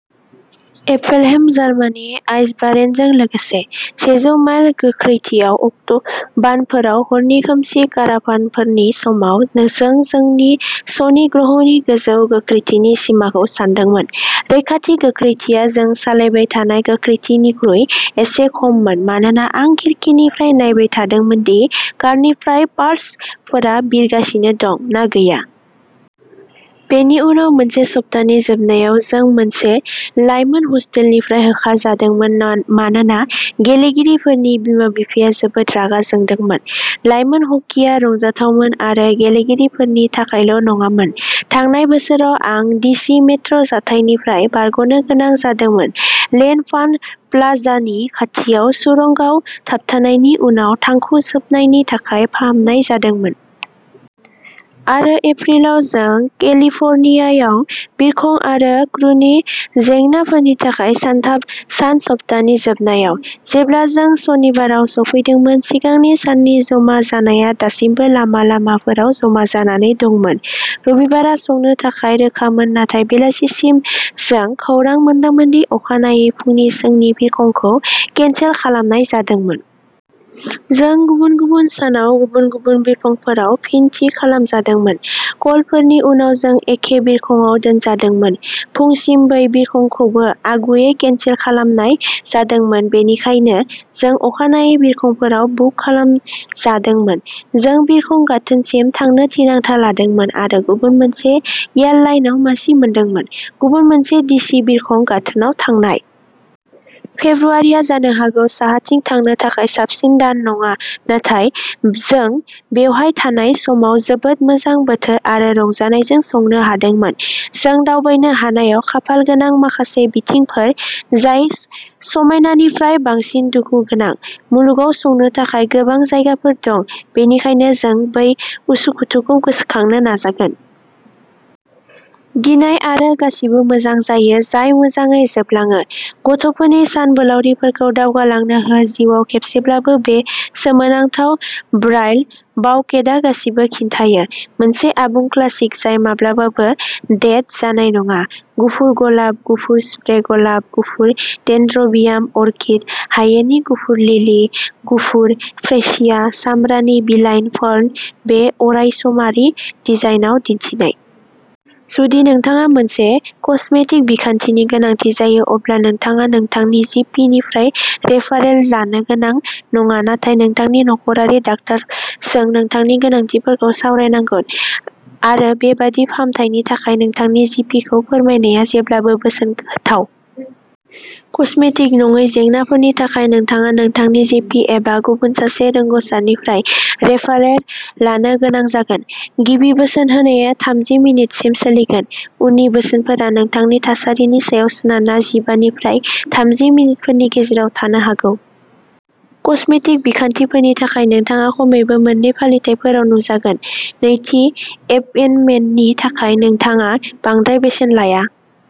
एपेलहेम Germany आइसबारेनजों लोगोसे। सेजौ माइल गोख्रैथियाव अट'बानफोराव हरनि खोमसि काराभानफोरनि समाव जों जोंनि शनि ग्रह'नि गोजौ गोख्रैथिनि सिमाखौ सानदोंमोन। रैखाथि गोख्रैथिया जों सालायबाय थानाय गोख्रैथिनिख्रुइ एसे खममोन मानोना आं खिरखिनिफ्राय नायबाय थादोंमोनदि कारनिफ्राय पार्ट्सफोरा बिरगासिनो दं ना गैया। बेनि उनाव मोनसे सप्तानि जोबनायाव जों मोनसे लाइमोन हस्टेलनिफ्राय होखारजादोंमोन मानोना गेलेगिरिफोरनि बिमा-बिफाया जोबोद रागा जोंदोंमोन। लाइमोन हकीआ रंजाथावमोन आरो गेलेगिरिफोरनि थाखायल' नङामोन। थांनाय बोसोराव आं डिसि मेट्र' जाथायनिफ्राय बारग'नो गोनां जादोंमोन ल'एनफान्ट प्लाजानि खाथियाव सुरंगआव थाबथानायनि उनाव थांखु सोबनायनि थाखाय फाहामनाय जादोंमोन। आरो एप्रिलाव जों केलिफर्नियायाव बिरखं आरो क्रुनि जेंनाफोरनि थाखाय सानथाम सान सप्तानि जोबनायाव। जेब्ला जों सनिबाराव सौफैदोंमोन सिगांनि साननि जमा जानाया दासिमबो लामा लामाफोराव जमा जानानै दंमोन। रबिबारआ संनो थाखाय रोखामोन नाथाय बेलासिसिम जों खौरां मोनदोंमोनदि अखानायै फुंनि जोंनि बिरखंखौ केनसेल खालामनाय जादोंमोन। जों गुबुन गुबुन सानाव गुबुन गुबुन बिरखंफोराव फिन थि खालामजादोंमोन। कलफोरनि उनाव जों एखे बिरखंआव दोनजादोंमोन। फुंसिम बै बिरखंखौबो आगुयै केनसेल खालामनाय जादोंमोन बेनिखायनो जों अखानायै बिरखंफोराव बुक खालामजादोंमोन। जों बिरखं गाथोनसिम थांनो थिरांथा लादोंमोन आरो गुबुन मोनसे एयारलाइनआव मासि मोनदोंमोन गुबुन मोनसे डिसि बिरखं गाथोनआव थांनाय। फेब्रुआरिआ जानो हागौ साहाथिं थांनो थाखाय साबसिन दान नङा नाथाय जों बेवहाय थानाय समाव जोबोद मोजां बोथोर आरो रंजानायजों संनो हादोंमोन। जों दावबायनो हानायाव खाफालगोनां माखासे बिथिंफोर जाय समायनानिफ्राय बांसिन दुखु गोनां। मुलुगाव संनो थाखाय गोबां जायगाफोर दं बेनिखायनो जों बै उसुखुथुखौ गोसोखांनो नाजागोन। गिनाय आरो गासिबो मोजां जायो जाय मोजाङै जोबलाङो। गथ'फोरनि सानबोलावरिफोरखौ दावगालांनो हो जिउआव खेबसेब्लाबो बे सोमोनांथाव ब्राइडल बाउकेटआ गासिबो खिन्थायो। मोनसे आबुं क्लासिक जाय माब्लाबाबो डेट जानाय नङा। गुफुर गलाब, गुफुर स्प्रे गलाब, गुफुर डेनड्रबियाम अर्किड, हायेननि गुफुर लिलि, गुफुर फ्रेसिया, सामब्रानि बिलाइ फार्न बे अरायसमारि डिजाइनआव दिन्थिनाय। जुदि नोंथाङा मोनसे कस्मेटिक बिखान्थिनि गोनांथि जायो अब्ला नोंथाङा नोंथांनि जि पि निफ्राय रेफारेल लानो गोनां नङा नाथाय नोंथांनि न'खरारि डाक्टारजों नोंथांनि गोनांथिफोरखौ सावरायनांगौ आरो बेबादि फाहामथायनि थाखाय नोंथांनि जि पि खौ फोरमायनाया जेब्लाबो बोसोन होथाव। कस्मेटिक नङै जेंनाफोरनि थाखाय नोंथाङा नोंथांनि जि पि एबा गुबुन सासे रोंग'सारनिफ्राय रेफारेल लानो गोनां जागोन। गिबि बोसोन होनाया थामजि मिनिटसिम सोलिगोन। उननि बोसोनफोरा नोंथांनि थासारिनि सायाव सोनारना जिबा निफ्राय थामजि मिनिटफोरनि गेजेराव थानो हागौ। कस्मेटिक बिखान्थिफोरनि थाखाय नोंथाङा खमैबो मोननै फालिथायफोराव नुजागोन। नैथि एपइन्टमेन्टनि थाखाय नोंथाङा बांद्राय बेसेन लाया।